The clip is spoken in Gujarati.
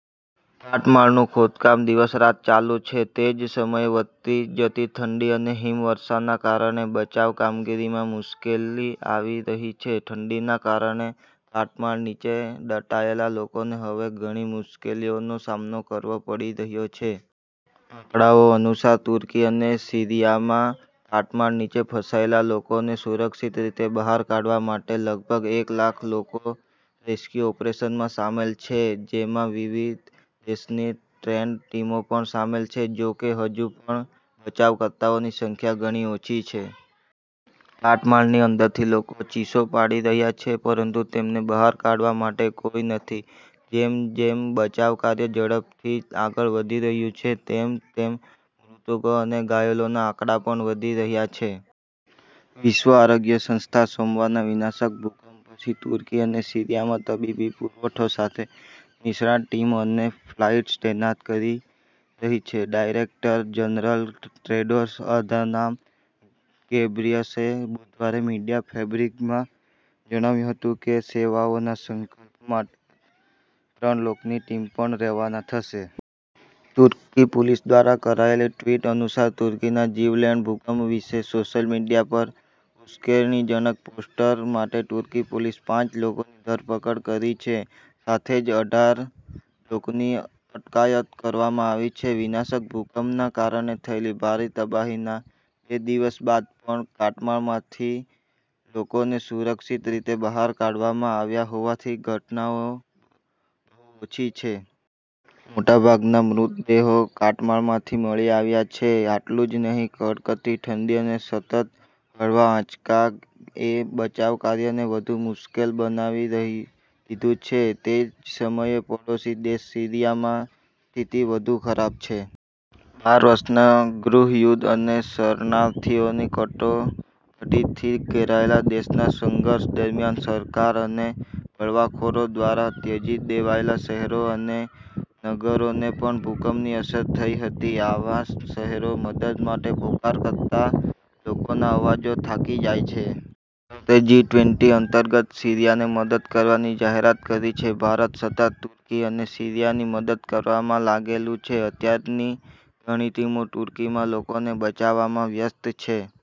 કાટમાળનું ખોદકામ દિવસ-રાત ચાલુ છે. તે જ સમયે વધતી જતી ઠંડી અને હિમવર્ષાના કારણે બચાવ કામગીરીમાં મુશ્કેલી આવી રહી છે. ઠંડીના કારણે કાટમાળ નીચે દટાયેલા લોકોને હવે ઘણી મુશ્કેલીઓનો સામનો કરવો પડી રહ્યો છે. આંકડાઓ અનુસાર, તુર્કી અને સીરિયામાં કાટમાળ નીચે ફસાયેલા લોકોને સુરક્ષિત રીતે બહાર કાઢવા માટે લગભગ એક લાખ લોકો રેસ્ક્યુ ઓપરેશનમાં સામેલ છે, જેમાં વિવિધ દેશોની ટ્રેન્ડ ટીમો પણ સામેલ છે. જો કે, હજુ પણ બચાવકર્તાઓની સંખ્યા ઘણી ઓછી છે. કાટમાળની અંદરથી લોકો ચીસો પાડી રહ્યા છે, પરંતુ તેમને બહાર કાઢવા માટે કોઈ નથી. જેમ જેમ બચાવ કાર્ય ઝડપથી આગળ વધી રહ્યું છે તેમ તેમ મૃતકો અને ઘાયલોના આંકડા પણ વધી રહ્યા છે. વિશ્વ આરોગ્ય સંસ્થા સોમવારના વિનાશક ભૂકંપ પછી તુર્કી અને સીરિયામાં તબીબી પુરવઠો સાથે નિષ્ણાત ટીમો અને ફ્લાઇટ્સ તૈનાત કરી રહી છે. ડાયરેક્ટર-જનરલ ટેડ્રોસ અધાનમ ઘેબ્રેયસસે બુધવારે મીડિયા બ્રીફિંગમાં જણાવ્યું હતું કે સેવાઓના સંકલન માટે ત્રણ લોકોની ટીમ પણ રવાના થશે. તુર્કી પોલીસ દ્વારા કરાયેલ ટ્વિટ અનુસાર, તુર્કીના જીવલેણ ભૂકંપ વિશે સોશિયલ મીડિયા પર 'ઉશ્કેરણીજનક પોસ્ટ્સ' માટે તુર્કી પોલીસે પાંચ લોકોની ધરપકડ કરી છે. સાથે જ અઢાર લોકોની અટકાયત કરવામાં આવી છે. વિનાશક ભૂકંપના કારણે થયેલી ભારે તબાહીના બે દિવસ બાદ પણ કાટમાળમાંથી લોકોને સુરક્ષિત રીતે બહાર કાઢવામાં આવ્યા હોવાની ઘટનાઓ બહુ ઓછી છે. મોટા ભાગના મૃતદેહો કાટમાળમાંથી મળી આવ્યા છે. આટલું જ નહીં, કડકડતી ઠંડી અને સતત હળવા આંચકા એ બચાવ કાર્યને વધુ મુશ્કેલ બનાવી દીધું છે. તે જ સમયે, પડોશી દેશ સીરિયામાં સ્થિતિ વધુ ખરાબ છે. બાર વર્ષના ગૃહયુદ્ધ અને શરણાર્થીની કટોકટીથી ઘેરાયેલા દેશમાં સંઘર્ષ દરમિયાન સરકાર અને બળવાખોરો દ્વારા ત્યજી દેવાયેલા શહેરો અને નગરોને પણ ભૂકંપની અસર થઈ હતી. આવા શહેરો મદદ માટે પોકાર કરતા લોકોના અવાજો થાકી જાય છે. ભારતે જી-ટ્વેંટી અંતર્ગત સીરિયાને મદદ કરવાની જાહેરાત કરી છે। ભારત સતત તુર્કી અને સીરિયાની મદદ કરવામાં લાગેલું છે. અત્યારે ની ઘણી ટીમો તુર્કીમાં લોકોને બચાવવામાં વ્યસ્ત છે.